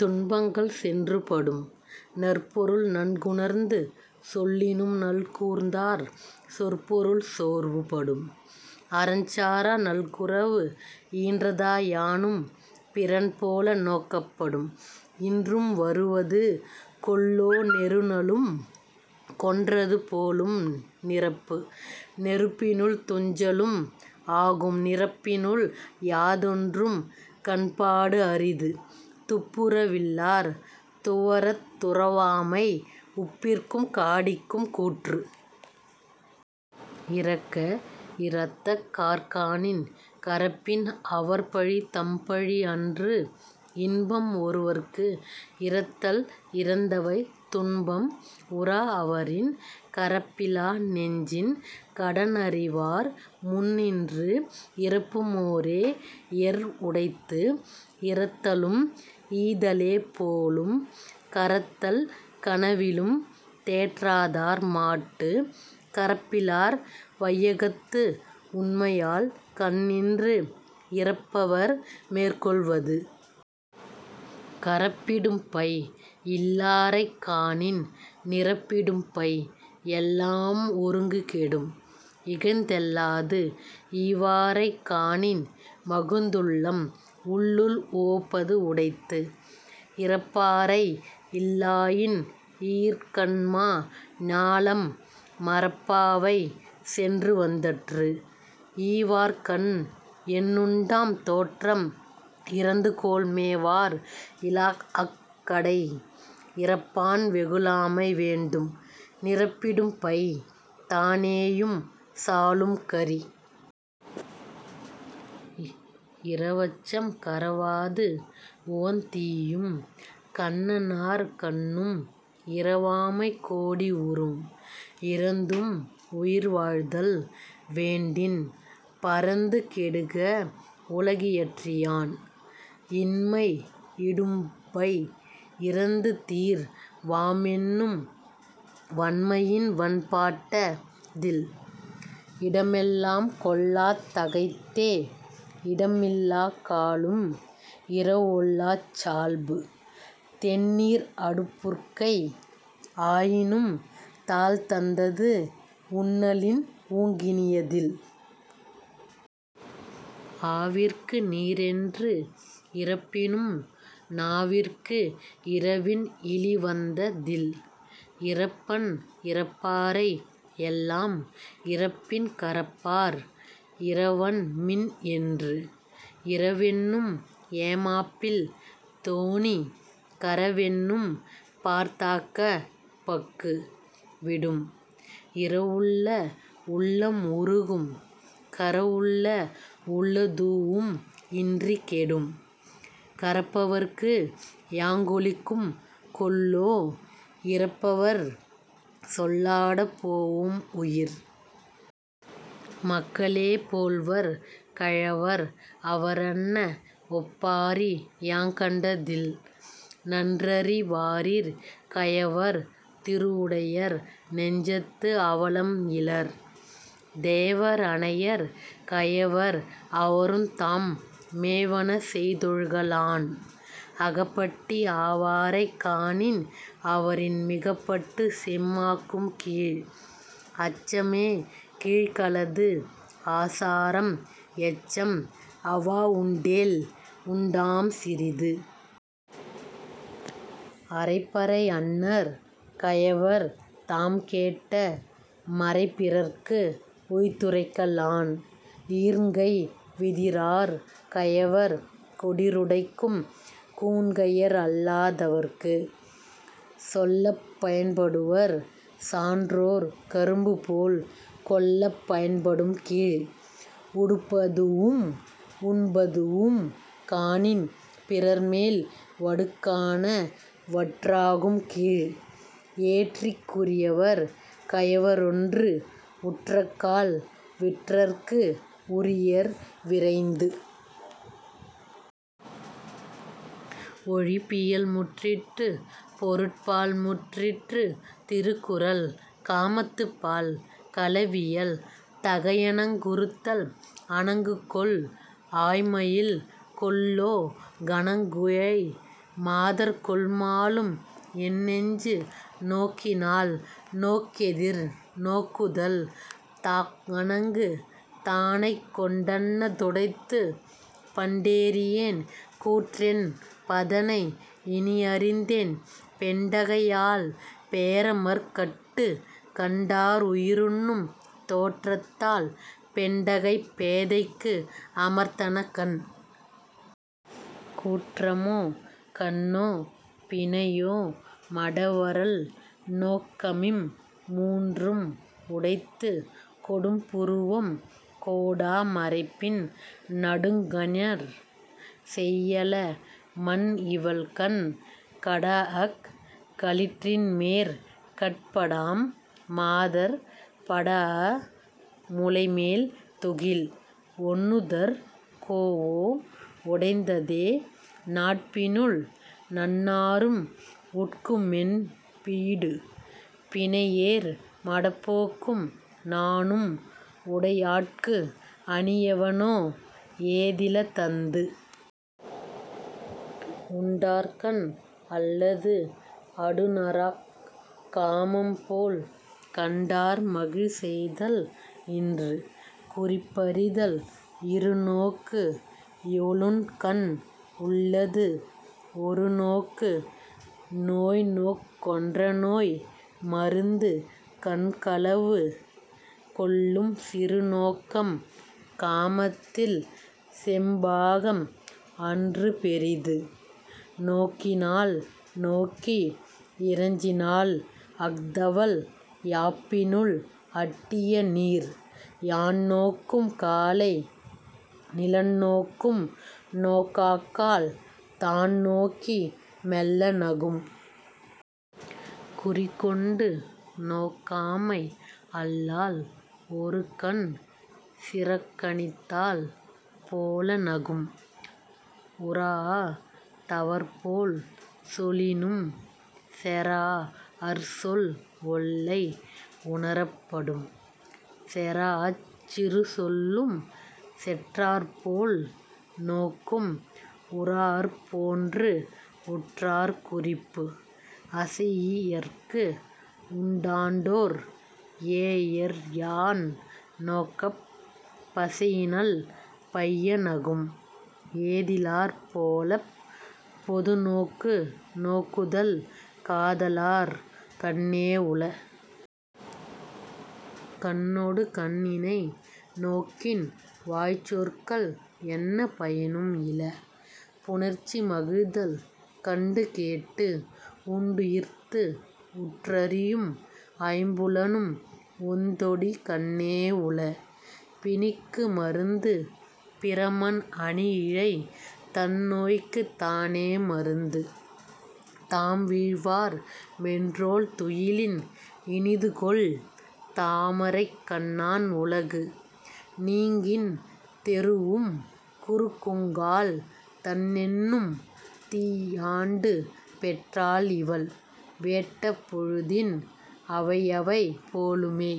துன்பங்கள் சென்று படும். நற்பொருள் நன்குணர்ந்து சொல்லினும் நல்கூர்ந்தார் சொற்பொருள் சோர்வு படும். அறஞ்சாரா நல்குரவு ஈன்றதா யானும் பிறன்போல நோக்கப் படும். இன்றும் வருவது கொல்லோ நெருநலும் கொன்றது போலும் நிரப்பு. நெருப்பினுள் துஞ்சலும் ஆகும் நிரப்பினுள் யாதொன்றும் கண்பாடு அரிது. துப்புர வில்லார் துவரத் துறவாமை உப்பிற்கும் காடிக்கும் கூற்று. இரக்க இரத்தக்கார்க் காணின் கரப்பின் அவர்பழி தம்பழி அன்று. இன்பம் ஒருவற்கு இரத்தல் இரந்தவை துன்பம் உறாஅ வரின். கரப்பிலா நெஞ்சின் கடனறிவார் முன்நின்று இரப்புமோ ரேஎர் உடைத்து. இரத்தலும் ஈதலே போலும் கரத்தல் கனவிலும் தேற்றாதார் மாட்டு. கரப்பிலார் வையகத்து உண்மையால் கண்ணின்று இரப்பவர் மேற்கொள் வது. கரப்பிடும்பை யில்லாரைக் காணின் நிரப்பிடும்பை எல்லாம் ஒருங்கு கெடும். இகழ்ந்தெள்ளாது ஈவாரைக் காணின் மகிழ்ந்துள்ளம் உள்ளுள் உவப்பது உடைத்து. இரப்பாரை இல்லாயின் ஈர்ங்கண்மா ஞாலம் மரப்பாவை சென்றுவந் தற்று. ஈவார்கண் என்னுண்டாம் தோற்றம் இரந்துகோள் மேவார் இலாஅக் கடை. இரப்பான் வெகுளாமை வேண்டும் நிரப்பிடும்பை தானேயும் சாலும் கரி. இரவச்சம் கரவாது உவந்தீயும் கண்ணன்னார் கண்ணும் இரவாமை கோடி உறும். இரந்தும் உயிர்வாழ்தல் வேண்டின் பரந்து கெடுக உலகியற்றி யான். இன்மை இடும்பை இரந்துதீர் வாமென்னும் வன்மையின் வன்பாட்ட தில். இடமெல்லாம் கொள்ளாத் தகைத்தே இடமில்லாக் காலும் இரவொல்லாச் சால்பு. தெண்ணீர் அடுபுற்கை ஆயினும் தாள்தந்தது உண்ணலின் ஊங்கினிய தில். ஆவிற்கு நீரென்று இரப்பினும் நாவிற்கு இரவின் இளிவந்த தில். இரப்பன் இரப்பாரை எல்லாம் இரப்பின் கரப்பார் இரவன்மின் என்று. இரவென்னும் ஏமாப்பில் தோணி கரவென்னும் பார்தாக்கப் பக்கு விடும். இரவுள்ள உள்ளம் உருகும் கரவுள்ள உள்ளதூஉம் இன்றிக் கெடும். கரப்பவர்க்கு யாங்கொளிக்கும் கொல்லோ இரப்பவர் சொல்லாடப் போஒம் உயிர். மக்களே போல்வர் கயவர் அவரன்ன ஒப்பாரி யாங்கண்ட தில். நன்றறி வாரிற் கயவர் திருவுடையர் நெஞ்சத்து அவலம் இலர். தேவர் அனையர் கயவர் அவருந்தாம் மேவன செய்தொழுக லான். அகப்பட்டி ஆவாரைக் காணின் அவரின் மிகப்பட்டுச் செம்மாக்கும் கீழ். அச்சமே கீழ்களது ஆசாரம் எச்சம் அவாவுண்டேல் உண்டாம் சிறிது. அறைபறை அன்னர் கயவர்தாம் கேட்ட மறைபிறர்க்கு உய்த்துரைக்க லான். ஈர்ங்கை விதிரார் கயவர் கொடிறுடைக்கும் கூன்கையர் அல்லா தவர்க்கு. சொல்லப் பயன்படுவர் சான்றோர் கரும்புபோல் கொல்லப் பயன்படும் கீழ். உடுப்பதூஉம் உண்பதூஉம் காணின் பிறர்மேல் வடுக்காண வற்றாகும் கீழ். எற்றிற் குரியர் கயவரொன்று உற்றக்கால் விற்றற்கு உரியர் விரைந்து. ஒழிபியல் முற்றிற்று பொருட்பால் முற்றிற்று திருக்குறள். காமத்துப்பால் களவியல். தகையணங்குறுத்தல் அணங்குகொல் ஆய்மயில் கொல்லோ கனங்குழை மாதர்கொல் மாலும் என் நெஞ்சு. நோக்கினாள் நோக்கெதிர் நோக்குதல் தாக்கணங்கு தானைக்கொண் டன்ன துடைத்து. பண்டறியேன் கூற்றென் பதனை இனியறிந்தேன் பெண்டகையால் பேரமர்க் கட்டு. கண்டார் உயிருண்ணும் தோற்றத்தால் பெண்டகைப் பேதைக்கு அமர்த்தன கண். கூற்றமோ கண்ணோ பிணையோ மடவரல் நோக்கமிம் மூன்றும் உடைத்து. கொடும்புருவம் கோடா மறைப்பின் நடுங்கஞர் செய்யல மன்இவள் கண். கடாஅக் களிற்றின்மேற் கட்படாம் மாதர் படாஅ முலைமேல் துகில். ஒண்ணுதற் கோஒ உடைந்ததே ஞாட்பினுள் நண்ணாரும் உட்குமென் பீடு. பிணையேர் மடநோக்கும் நாணும் உடையாட்கு அணியெவனோ ஏதில தந்து. உண்டார்கண் அல்லது அடுநறாக் காமம்போல் கண்டார் மகிழ்செய்தல் இன்று.. குறிப்பறிதல் இருநோக்கு இவளுண்கண் உள்ளது ஒருநோக்கு நோய்நோக்கொன் றந்நோய் மருந்து. கண்களவு கொள்ளும் சிறுநோக்கம் காமத்தில் செம்பாகம் அன்று பெரிது. நோக்கினாள் நோக்கி இறைஞ்சினாள் அஃதவள் யாப்பினுள் அட்டிய நீர். யான்நோக்கும் காலை நிலன்நோக்கும் நோக்காக்கால் தான்நோக்கி மெல்ல நகும். குறிக்கொண்டு நோக்காமை அல்லால் ஒருகண் சிறக்கணித்தாள் போல நகும் உறாஅ தவர்போல் சொலினும் செறாஅர்சொல் ஒல்லை உணரப் படும். செறாஅச் சிறுசொல்லும் செற்றார்போல் நோக்கும் உறாஅர்போன்று உற்றார் குறிப்பு. அசையியற்கு உண்டாண்டோ ர் ஏஎர்யான் நோக்கப் பசையினள் பைய நகும். ஏதிலார் போலப் பொதுநோக்கு நோக்குதல் காதலார் கண்ணே உள. கண்ணொடு கண்இணை நோக்கொக்கின் வாய்ச்சொற்கள் என்ன பயனும் இல.. புணர்ச்சிமகிழ்தல் கண்டுகேட்டு உண்டுயிர்த்து உற்றறியும் ஐம்புலனும் ஒண்தொடி கண்ணே உள. பிணிக்கு மருந்து பிறமன் அணியிழை தன்நோய்க்குத் தானே மருந்து. தாம்வீழ்வார் மென்றோள் துயிலின் இனிதுகொல் தாமரைக் கண்ணான் உலகு. நீங்கின் தெறூஉம் குறுகுங்கால் தண்ணென்னும் தீயாண்டுப் பெற்றாள் இவள்? வேட் ட பொழுதின் அவையவை போலுமே।